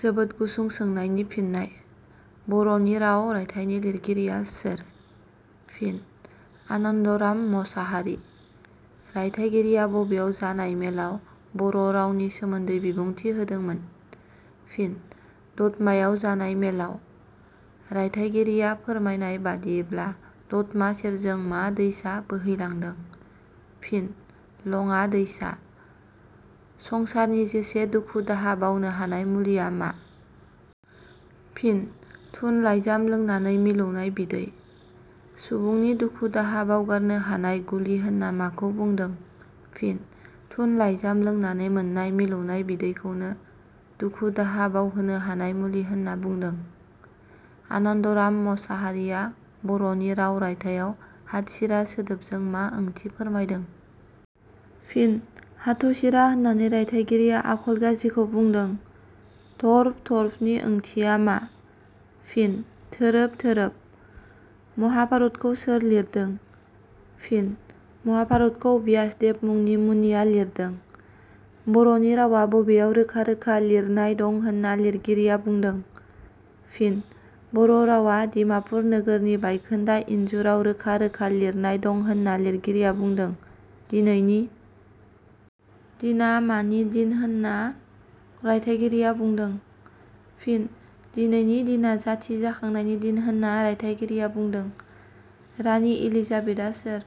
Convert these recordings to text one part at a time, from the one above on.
जोबोद गुसुं सोंनायनि फिननाय. बर'नि राव रायथाइनि लिरगिरिया सोर? फिन: आनान्दराम मसाहारि।.रायथाइगिरिया बबेयाव जानाय मेलाव बर' रावनि सोमोन्दै बिबुंथि होदोंमोन? फिन:दतमायाव जानाय मेलाव।.रायथाइगिरिया फोरमायनाय बादियैब्ला दतमा सेरजों मा दैसा बोहैलांदों? फिन:लङा दैसा।.संसारनि जेसे दुखु दाहा बावनो हानाय मुलिया मा? फिन:थुन लाइजाम लोंनानै मिलौनाय बिदै।.सुबुंनि दुखु-दाहा बावगारनो हानाय गुलि होनना माखौ बुंदों? फिन:थुन लाइजाम लोंनानै मोननाय मिलौनाय बिदैखौनो दुखु-दाहा बावहोनो हानाय मुलि होनना बुंदों।.आनान्दराम मसाहारिया बर'नि राव रायथाइयाव हथसिरा सोदोबजों मा ओंथि फोरमायदों? फिन:हथ'सिरा होननानै रायथाइगिरिया आखल गाज्रिखौ बुंदों।.थर्प थर्पनि ओंथिया मा? फिन:थोरोब थोरोब।.महाभारतखौ सोर लिरदों? फिन:महाभारतखौ व्यासदेब मुंनि मुनिया लिरदों।.बर'नि रावा बबेयाव रोखा रोखा लिरनाय दं होनना लिरगिरिया बुंदों? फिन:बर' रावा डिमापुर नोगोरनि बायखोन्दा इन्जुराव रोखा रोखा लिरनाय दं होनना लिरगिरिया बुंदों।.दिनैनि दिना मानि दिन होनना रायथाइगिरिया बुंदों? फिन: दिनैनि दिना जाथि जाखांनायनि दिन होनना रायथाइगिरिया बुंदों।.राणी एलिजाबेथआ सोर?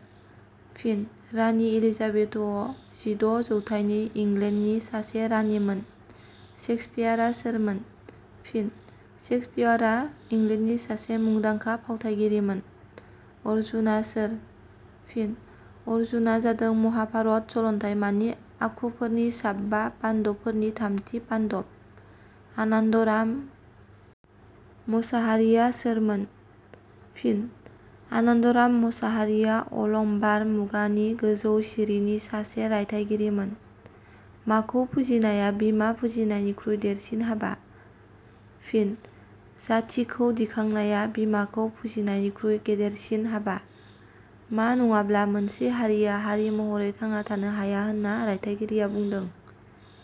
फिन:राणी एलिजाबेथअ जिद' जौथायनि इंलेण्डनि सासे राणीमोन।.सेक्सपियारआ सोरमोन? फिन:सेक्सपियारआ इंलेण्डनि सासे मुंदांखा फावथाइगिरिमोन।.अरजुना सोर? फिन:अरजुना जादों महाभारत सलन्थाइमानि आखुफोरनि साबा पाण्डबफोरनि थामथि पाण्डब।.आनान्दराम मसाहारिया सोरमोन? फिन:आनान्दराम मसाहारिया अलंबार मुगानि गोजौ सिरिनि सासे रायथाइगिरिमोन।.माखौ फुजिनाया बिमा फुजिनायनिख्रुइ देरसिन हाबा? फिन:जाथिखौ दिखांनाया बिमाखौ फुजिनायनिख्रुइ गिदिरसिन हाबा।.मा नङाब्ला मोनसे हारिया हारि महरै थांना थानो हाया होनना रायथाइगिरिया बुंदों?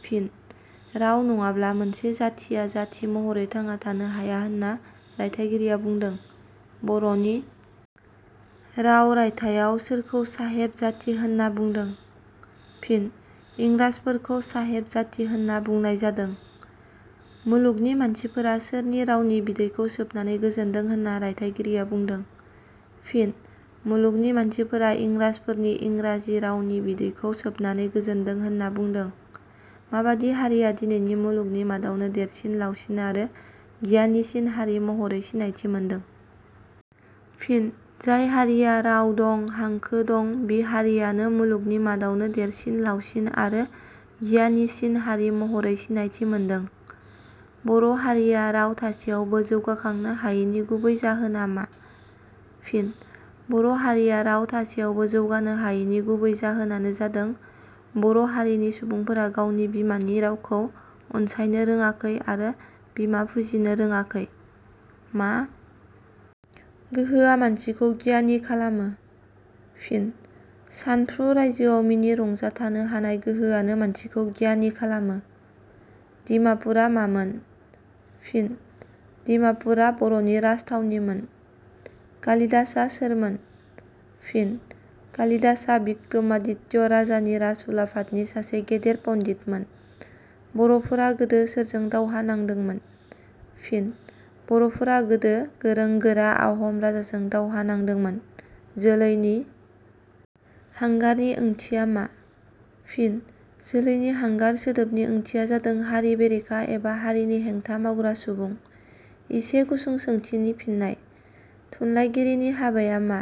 फिन:राव नङाब्ला मोनसे जाथिया जाथि महरै थांना थानो हाया होनना रायथाइगिरिया बुंदों?.'बर'नि राव' रायथाइयाव सोरखौ साहेब जाथि होनना बुंदों? फिन:इंग्राजफोरखौ साहेब जाथि होनना बुंनाय जादों।.मुलुगनि मानसिफोरा सोरनि रावनि बिदैखौ सोबनानै गोजोनदों होनना रायथाइगिरिया बुंदों? फिन:मुलुगनि मानसिफोरा इंग्राजफोरनि इंग्राजि रावनि बिदैखौ सोबनानै गोजोनदों होनना बुंदों।.माबादि हारिया दिनै मुलुगनि मादावनो देरसिन लावसिन आरो गियानिसिन हारि महरै सिनायथि मोनदों? फिन:जाय हारिया राव दं, हांखो दं बि हारियानो मुलुगनि मादावनो देरसिन लावसिन आरो गियानिसिन हारि महरै सिनायथि मोनदों।.बर' हारिया राव थासेयावबो जौगाखांनो हायिनि गुबै जाहोना मा? फिन:बर' हारिया राव थासेयावबो जौगानो हायिनि गुबै जाहोनानो जादों बर' हारिनि सुबुंफोरा गावनि बिमानि रावखौ अनसायनो रोङाखै आरो बिमा फुजिनो रोङाखै।.मा गोहोआ मानसिखौ गियानि खालामो? फिन:सानफ्रु रायजोआव मिनि रंजा थानो हानाय गोहोआनो मानसिखौ गियानि खालामो।.डिमापुरआ मामोन? फिन:दिमापुरआ बर'नि राजथावनिमोन।.कालिदासआ सोरमोन? फिन:कालिदासआ बिक्रमादित्य राजानि राजउलाफादनि सासे गेदेर पण्डितमोन।.बर'फोरा गोदो सोरजों दावहा नांदोंमोन? फिन:बर'फोरा गोदो गोरों-गोरा आहम राजाजों दावहा नांदोंमोन।.जोलैनि हांगारनि ओंथिया मा? फिन:जोलैनि हांगार सोदोबनि ओंथिया जादों हारि बेरेखा एबा हारिनि हेंथा मावग्रा सुबुं। इसे गुसुं सोंथिनि फिननाय. थुनलाइगिरिनि हाबाया मा?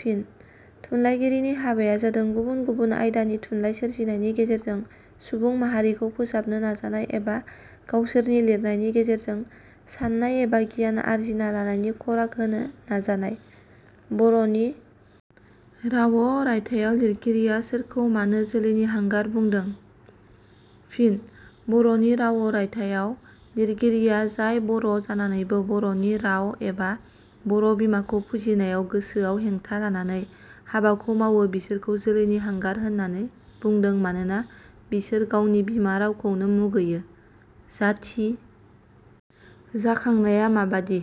फिन:थुनलाइगिरिनि हाबाया जादों गुबुन गुबुन आयदानि थुनलाइ सोरजिनायनि गेजेरजों सुबुं माहारिखौ फोसाबनो नाजानाय एबा गावसोरनि लिरनायनि गेजेरजों साननाय एबा गियान आरजिना लानायनि खराग होनो नाजानाय।.'बर'नि राव' रायथाइयाव लिरगिरिया सोरखौ मानो जोलैनि हांगार बुंदों? फिन:'बर'नि राव' रायथाइयाव लिरगिरिया जाय बर' जानानैबो बर'नि राव एबा बर' बिमाखौ फुजिनायाव गोसोआव हेंथा लानानै हाबाखौ मावो बिसोरखौ जोलैनि हांगार होननानै बुंदों मानोना बिसोर गावनि बिमा रावखौनो मुगैयो।.जाथि जाखांनाया माबादि?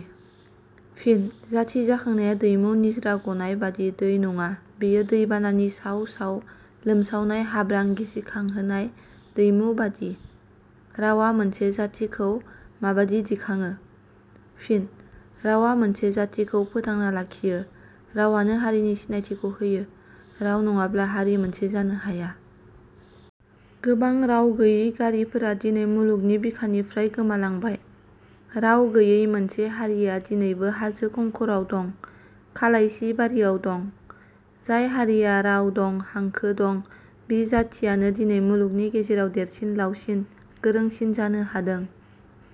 फिन:जाथि जाखांनाया दैमु निज्रा गनाय बादि दै नङा, बेयो दैबानानि साव-साव लोमसावनाय हाब्रां गिसिखांहोनाय दैमु बादि।.रावा मोनसे जाथिखौ माबादि दिखाङो? फिन:रावा मोनसे जाथिखौ फोथांना लाखियो, रावानो हारिनि सिनायथिखौ होयो, राव नङाब्ला हारि मोनसे जानो हाया। गोबां राव गैयि गारिफोरा दिनै मुलुगनि बिखानिफ्राय गोमालांबाय। राव गैयि मोनसे हारिया दिनैबो हाजो खंखराव दं, खालायसि बारियाव दं। जाय हारिया राव दं, हांखो दं, बि जाथियानो दिनै मुलुगनि गेजेराव देरसिन लावसिन गोरोंसिन जानो हादों।